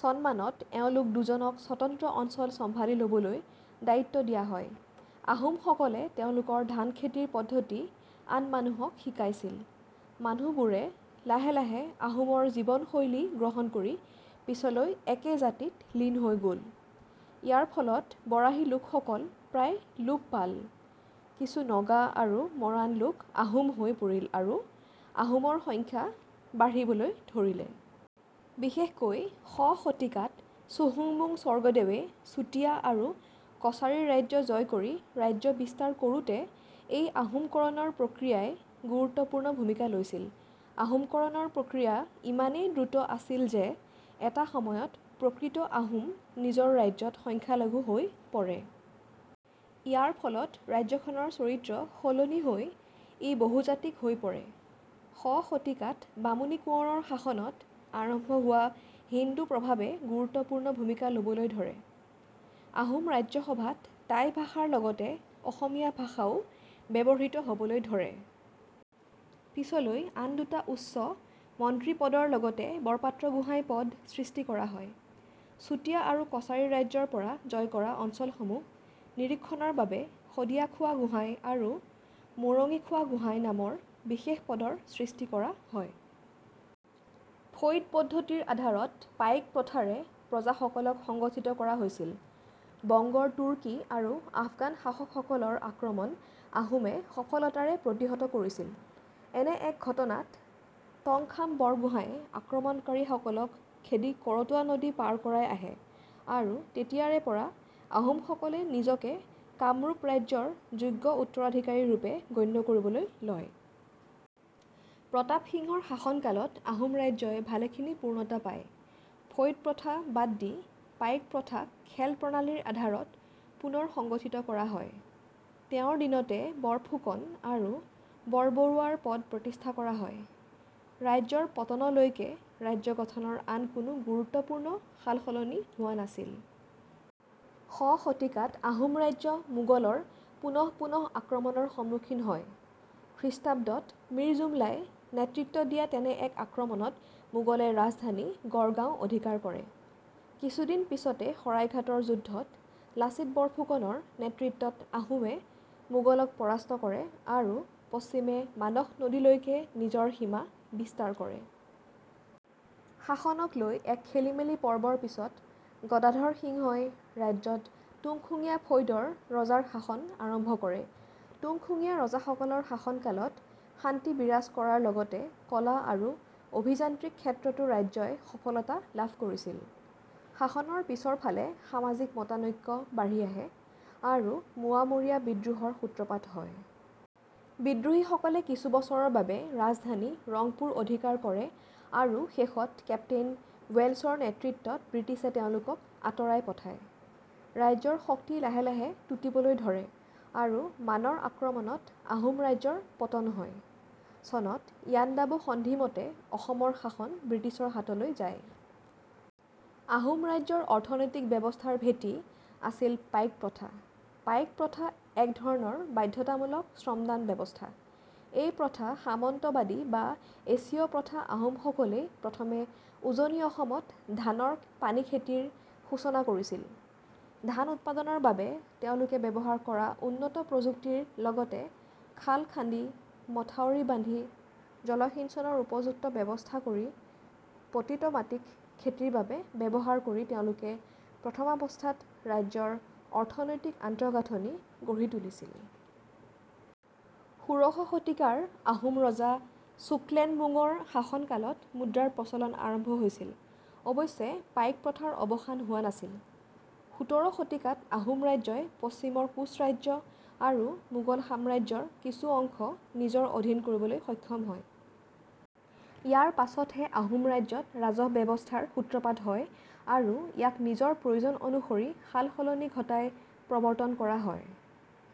চনমানত এওঁলোক দুজনক স্বতন্ত্ৰ অঞ্চল চম্ভালি ল'বলৈ দায়িত্ব দিয়া হয়। আহোমসকলে তেওঁলোকৰ ধান খেতিৰ পদ্ধতি আন মানুহক শিকাইছিল। মানুহবোৰে লাহে লাহে আহোমৰ জীৱনশৈলী গ্ৰহণ কৰি পিছলৈ একে জাতিত লীন হৈ গ'ল। ইয়াৰ ফলত বৰাহী লোকসকল প্ৰায় লোপ পাল; কিছু নগা আৰু মৰাণ লোক আহোম হৈ পৰিল আৰু আহোমৰ সংখ্যা বাঢ়িবলৈ ধৰিলে। বিশেষকৈ শ শতিকাত চুহুংমুং স্বৰ্গদেৱে চুতীয়া আৰু কছাৰী ৰাজ্য জয় কৰি ৰাজ্য বিস্তাৰ কৰোঁতে এই আহোমকৰণৰ প্ৰক্ৰিয়াই গুৰুত্বপূৰ্ণ ভূমিকা লৈছিল। আহোমকৰণৰ প্ৰক্ৰিয়া ইমানেই দ্ৰুত আছিল যে এটা সময়ত প্ৰকৃত আহোম নিজৰ ৰাজ্যত সংখ্যালঘু হৈ পৰে। ইয়াৰ ফলত ৰাজ্যখনৰ চৰিত্ৰ সলনি হৈ ই বহুজাতিক হৈ পৰে। শ শতিকাত বামুণী কোঁৱৰৰ শাসনত আৰম্ভ হোৱা হিন্দু প্ৰভাৱে গুৰুত্বপূৰ্ণ ভূমিকা ল'বলৈ ধৰে। আহোম ৰাজসভাত টাই ভাষা ৰ লগতে অসমীয়া ভাষা ও ব্যৱহৃত হ'বলৈ ধৰে। পিছলৈ আন দুটা উচ্চ মন্ত্ৰী পদৰ লগতে বৰপাত্ৰগোহাঁই পদ সৃষ্টি কৰা হয়। চুতীয়া আৰু কছাৰী ৰাজ্যৰ পৰা জয় কৰা অঞ্চলসমূহ নিৰীক্ষণৰ বাবে "শদিয়াখোৱা গোহাঁই" আৰু "মৰঙীখোৱা গোহাঁই" নামৰ বিশেষ পদৰ সৃষ্টি কৰা হয়। ফৈদ পদ্ধতিৰ আধাৰত পাইক প্ৰথা ৰে প্ৰজাসকলক সংগঠিত কৰা হৈছিল। বংগৰ তুৰ্কী আৰু আফগান শাসকসকলৰ আক্ৰমণ আহোমে সফলতাৰে প্ৰতিহত কৰিছিল। এনে এক ঘটনাত টংখাম বৰগোহাঁয়ে আক্ৰমণকাৰীসকলক খেদি কৰতোৱা নদী পাৰ কৰাই আহে, আৰু তেতিয়াৰেপৰা আহোমসকলে নিজকে কামৰূপ ৰাজ্য ৰ যোগ্য উত্তৰাধিকাৰীৰূপে গণ্য কৰিবলৈ লয়। প্ৰতাপ সিংহ ৰ শাসনকালত আহোম ৰাজ্যই ভালেখিনি পূৰ্ণতা পায়। "ফৈদ প্ৰথা" বাদ দি পাইক প্ৰথা ক "খেল" প্ৰণালীৰ আধাৰত পুনৰ্সংগঠিত কৰা হয়। তেওঁৰ দিনতে বৰফুকন আৰু বৰবৰুৱা ৰ পদ প্ৰতিষ্ঠা কৰা হয়। ৰাজ্যৰ পতনলৈকে ৰাজ্যগঠনৰ আন কোনো গুৰুত্বপূৰ্ণ সালসলনি হোৱা নাছিল। শ শতিকাত আহোম ৰাজ্য মোগল ৰ পুনঃ পুনঃ আক্ৰমণৰ সন্মুখীন হয়। খ্ৰীষ্টাব্দত মীৰ জুমলা ই নেতৃত্ব দিয়া তেনে এক আক্ৰমণত মোগলে ৰাজধানী গড়গাওঁ অধিকাৰ কৰে। কিছুদিন পিছতে শৰাইঘাটৰ যুদ্ধ ত লাচিত বৰফুকন ৰ নেতৃত্বত আহোমে মোগলক পৰাস্ত কৰে আৰু পশ্চিমে মানস নদীলৈকে নিজৰ সীমা বিস্তাৰ কৰে। শাসনক লৈ এক খেলিমেলি পৰ্বৰ পিছত গদাধৰ সিংহ ই ৰাজ্যত তুংখুঙীয়া ফৈদৰ ৰজাৰ শাসন আৰম্ভ কৰে। তুংখুঙীয়া ৰজাসকলৰ শাসনকালত শান্তি বিৰাজ কৰাৰ লগতে কলা আৰু অভিযান্ত্ৰিক ক্ষেত্ৰতো ৰাজ্যই সফলতা লাভ কৰিছিল। শাসনৰ পিছৰফালে সামাজিক মতানৈক্য বাঢ়ি আহে আৰু মোৱামৰীয়া বিদ্ৰোহ ৰ সূত্ৰপাত হয়। বিদ্ৰোহীসকলে কিছুবছৰৰ বাবে ৰাজধানী ৰংপুৰ অধিকাৰ কৰে আৰু শেষত কেপ্তেইন ৱেল্ছৰ নেতৃত্বত ব্ৰিটিছে তেওঁলোকক আঁতৰাই পঠায়। ৰাজ্যৰ শক্তি লাহে লাহে টুটিবলৈ ধৰে আৰু মানৰ আক্ৰমণত আহোম ৰাজ্যৰ পতন হয়। চনত ইয়াণ্ডাবু সন্ধি মতে অসমৰ শাসন ব্ৰিটিছৰ হাতলৈ যায়। আহোম ৰাজ্যৰ অৰ্থনৈতিক ব্যৱস্থাৰ ভেঁটি আছিল পাইক প্ৰথা। পাইক প্ৰথা এক ধৰণৰ 'বাধ্যতামূলক শ্ৰমদান ব্যৱস্থা'। এই প্ৰথা সামন্তবাদী বা এছীয়-প্ৰথা আহোমসকলেই প্ৰথমে উজনি অসমত ধানৰ পানী খেতি ৰ সূচনা কৰিছিল। ধান উৎপাদনৰ বাবে তেওঁলোকে ব্যৱহাৰ কৰা উন্নত প্ৰযুক্তিৰ লগতে খাল-খান্দি, মথাউৰি বান্ধি জলসিঞ্চনৰ উপযুক্ত ব্যৱস্থা কৰি পতিত মাটিক খেতিৰ বাবে ব্যৱহাৰ কৰি তেওঁলোকে প্ৰথমাৱস্থাত ৰাজ্যৰ অৰ্থনৈতিক আন্তঃগাঁঠনি গঢ়ি তুলিছিল। যোড়শ শতিকাৰ আহোম ৰজা ছুক্লেনমুঙ ৰ শাসন কালত মুদ্ৰাৰ প্ৰচলন আৰম্ভ হৈছিল। অৱশ্যে পাইক প্ৰথাৰ অৱসান হোৱা নাছিল। সোতৰ শতিকাত আহোম ৰাজ্যই পশ্চিমৰ কোচ ৰাজ্য আৰু মোগল সাম্ৰাজ্য ৰ কিছু অংশ নিজৰ অধীন কৰিবলৈ সক্ষম হয়। ইয়াৰ পাছতহে আহোম ৰাজ্যত ৰাজহ-ব্যৱস্থা ৰ সূত্ৰপাত হয় আৰু ইয়াক নিজৰ প্ৰয়োজন অনুসৰি সাল-সলনি ঘটাই প্ৰৱৰ্তন কৰা হয়।